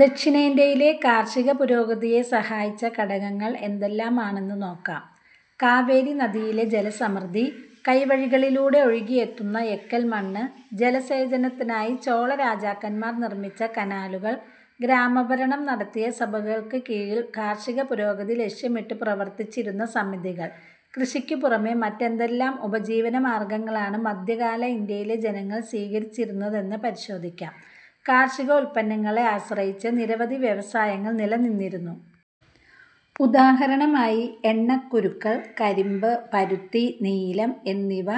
ദക്ഷിണേന്ത്യയിലെ കാർഷിക പുരോഗതിയെ സഹായിച്ച ഘടകങ്ങൾ എന്തെല്ലാമാണെന്ന് നോക്കാം. കാവേരിനദിയിലെ ജലസമൃദ്ധി. കൈവഴികളിലൂടെ ഒഴുകിയെത്തുന്ന എക്കൽമണ്ണ്. ജലസേചനത്തിനായി ചോളരാജാക്കന്മാർ നിർമിച്ച കനാലുകൾ. ഗ്രാമഭരണം നടത്തിയ സഭകൾക്ക് കീഴിൽ കാർഷികപുരോഗതി ലക്ഷ്യമിട്ട് പ്രവർത്തിച്ചിരുന്ന സമിതികൾ. കൃഷിക്ക് പുറമെ മറ്റെന്തെല്ലാം ഉപജീവനമാർഗങ്ങളാണ് മധ്യകാല ഇന്ത്യയിലെ ജനങ്ങൾ സ്വീകരിച്ചിരുന്നതെന്ന് പരിശോധിക്കാം കാർഷികോൽപ്പന്നങ്ങളെ ആശ്രയിച്ച് നിരവധി വ്യവസായങ്ങൾ നില നിന്നിരുന്നു. ഉദാഹരണമായി, എണ്ണക്കുരുക്കൾ, കരിമ്പ്, പരുത്തി, നീലം, എന്നിവ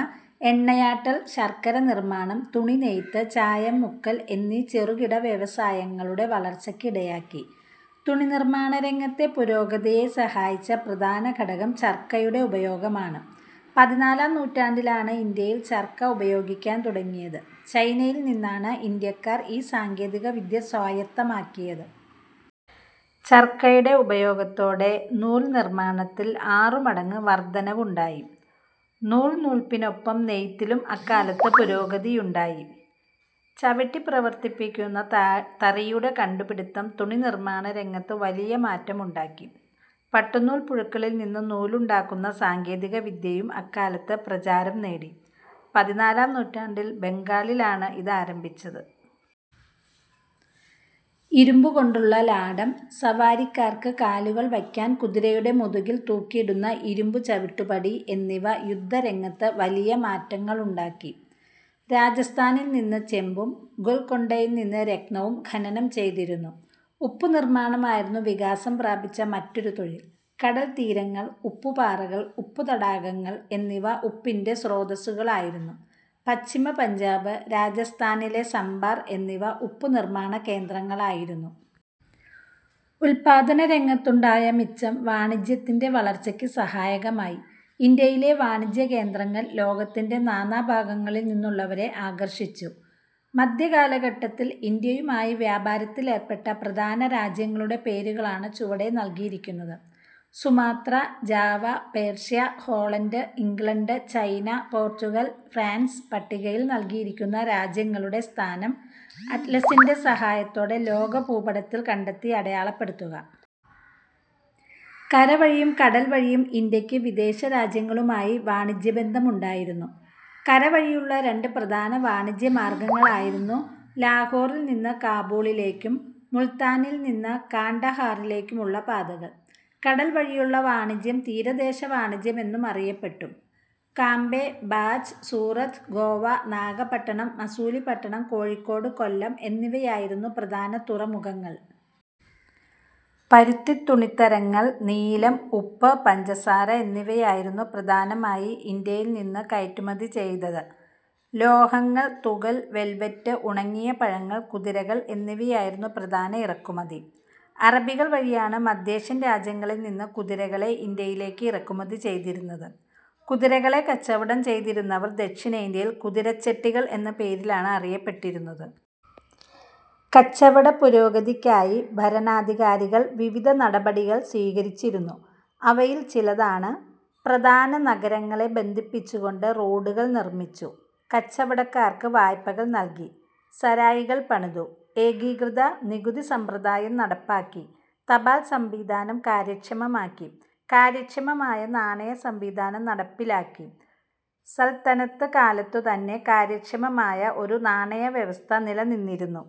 എണ്ണയാട്ടൽ, ശർക്കര നിർമാണം, തുണിനെയ്ത്ത്, ചായം മുക്കൽ എന്നീ ചെറുകിട വ്യവസായങ്ങളുടെ വളർച്ചയ്ക്കിടയാക്കി. തുണിനിർമാണരംഗത്തെ പുരോഗതിയെ സഹായിച്ച പ്രധാനഘടകം ചർക്കയുടെ ഉപയോഗമാണ്. പതിനാലാം നൂറ്റാണ്ടിലാണ് ഇന്ത്യയിൽ ചർക്ക ഉപയോഗിക്കാൻ തുടങ്ങിയത്. ചൈനയിൽ നിന്നാണ് ഇന്ത്യക്കാർ ഈ സാങ്കേതികവിദ്യ സ്വായത്തമാക്കിയത്. ചർക്കയുടെ ഉപയോഗത്തോടെ നൂൽ നിർമാണത്തിൽ ആറു മടങ്ങ് വർധനവുണ്ടായി. നൂൽ നൂൽപ്പിനൊപ്പം നെയ്ത്തിലും അക്കാലത്ത് പുരോഗതിയുണ്ടായി. ചവിട്ടി പ്രവർത്തിപ്പിക്കുന്ന താ തറിയുടെ കണ്ടു പിടിത്തം തുണി നിർമാണ രംഗത്ത് വലിയ മാറ്റമുണ്ടാക്കി. പട്ടുനൂൽപ്പുഴുക്കളിൽനിന്ന് നൂലുണ്ടാക്കുന്ന സാങ്കേതികവിദ്യയും അക്കാലത്ത് പ്രചാരം നേടി. പതിനാലാം നൂറ്റാണ്ടിൽ ബംഗാളിലാണ് ഇത് ആരംഭിച്ചത്. ഇരുമ്പു കൊണ്ടുള്ള ലാടം, സവാരിക്കാർക്ക് കാലുകൾ വയ്ക്കാൻ കുതിരയുടെ മുതുകിൽ തൂക്കിയിടുന്ന ഇരുമ്പു ചവിട്ടുപടി എന്നിവ യുദ്ധരംഗത്ത് വലിയ മാറ്റങ്ങളുണ്ടാക്കി. രാജസ്ഥാനിൽനിന്ന് ചെമ്പും ഗൊൽകൊണ്ടയിൽനിന്ന് രത്നവും ഖനനം ചെയ്തിരുന്നു. ഉപ്പുനിർമാണമായിരുന്നു വികാസം പ്രാപിച്ച മറ്റൊരു തൊഴിൽ. കടൽത്തീരങ്ങൾ, ഉപ്പുപാറകൾ, ഉപ്പുതടാകങ്ങൾ എന്നിവ ഉപ്പിന്റെ സ്രോതസ്സുകളായിരുന്നു. പശ്ചിമ പഞ്ചാബ്, രാജസ്ഥാനിലെ സമ്പാർ എന്നിവ ഉപ്പുനിർമാണകേന്ദ്രങ്ങളായിരുന്നു. ഉൽപാദനരംഗത്തുണ്ടായ മിച്ചം വാണിജ്യത്തിന്റെ വളർച്ചയ്ക്ക് സഹായകമായി. ഇന്ത്യയിലെ വാണിജ്യകേന്ദ്രങ്ങൾ ലോകത്തിന്റെ നാനാഭാഗങ്ങളിൽനിന്നുള്ളവരെ ആകർഷിച്ചു. മധ്യകാലഘട്ടത്തിൽ ഇന്ത്യയുമായി വ്യാപാരത്തിലേർപ്പെട്ട പ്രധാന രാജ്യങ്ങളുടെ പേരുകളാണ് ചുവടെ നൽകിയിരിക്കുന്നത്. Sumatra, Java, Persia, Holland, England, China, Portugal, France പട്ടികയിൽ നൽകിയിരിക്കുന്ന രാജ്യങ്ങളുടെ സ്ഥാനം അറ്റ്ലസിന്റെ സഹായത്തോടെ ലോകഭൂപടത്തിൽ കണ്ടെത്തി അടയാളപ്പെടുത്തുക. കരവഴിയും കടൽ വഴിയും ഇന്ത്യക്ക് വിദേശരാജ്യങ്ങളുമായി വാണിജ്യബന്ധമുണ്ടായിരുന്നു. കരവഴിയുള്ള രണ്ട് പ്രധാന വാണിജ്യമാർഗങ്ങളായിരുന്നു ലാഹോറിൽ നിന്ന് കാബൂളിലേക്കും മുൾത്താനിൽ നിന്ന് കാണ്ട ഹാറിലേക്കുമുള്ള പാതകൾ. കടൽ വഴിയുള്ള വാണിജ്യം തീരദേശ വാണിജ്യമെന്നുമറിയപ്പെട്ടു. കാംബെ, ബാച്ച്, സൂറത്ത്, ഗോവ, നാഗപട്ടണം, മസൂലിപട്ടണം, കോഴിക്കോട്, കൊല്ലം എന്നിവയായിരുന്നു പ്രധാന തുറമുഖങ്ങൾ. പരുത്തിത്തുണിത്തരങ്ങൾ, നീലം, ഉപ്പ്, പഞ്ചസാര എന്നിവയായിരുന്നു പ്രധാനമായി ഇന്ത്യയിൽ നിന്ന് കയറ്റുമതി ചെയ്തത്. ലോഹങ്ങൾ, തുകൽ, വെൽവെറ്റ്, ഉണങ്ങിയ പഴങ്ങൾ. കുതിരകൾ എന്നിവയായിരുന്നു പ്രധാന ഇറക്കുമതി. അറബികൾ വഴിയാണ് മധ്യേഷ്യൻ രാജ്യങ്ങളിൽ നിന്ന് കുതിരകളെ ഇന്ത്യയിലേക്ക് ഇറക്കുമതി ചെയ്തിരുന്നത്. കുതിരകളെ കച്ചവടം ചെയ്തിരുന്നവർ ദക്ഷിണേന്ത്യയിൽ കുതിരച്ചെട്ടികൾ എന്ന പേരിലാണ് അറിയപ്പെട്ടിരുന്നത്. കച്ചവടപുരോഗതിക്കായി ഭരണാധികാരികൾ വിവിധ നടപടികൾ സ്വീകരിച്ചിരുന്നു. അവയിൽ ചിലതാണ്. പ്രധാന നഗരങ്ങളെ ബന്ധിപ്പിച്ചുകൊണ്ട് റോഡുകൾ നിർമിച്ചു. കച്ചവടക്കാർക്ക് വായ്പകൾ നൽകി. സരായികൾ പണിതു. ഏകീകൃത നികുതി സമ്പ്രദായം നടപ്പാക്കി. തപാൽ സംവിധാനം കാര്യക്ഷമമാക്കി. കാര്യക്ഷമമായ നാണയസംവിധാനം നടപ്പിലാക്കി. സൽത്തനത്ത് കാലത്തുതന്നെ കാര്യക്ഷമമായ ഒരു നാണയവ്യവസ്ഥ നിലനിന്നിരുന്നു.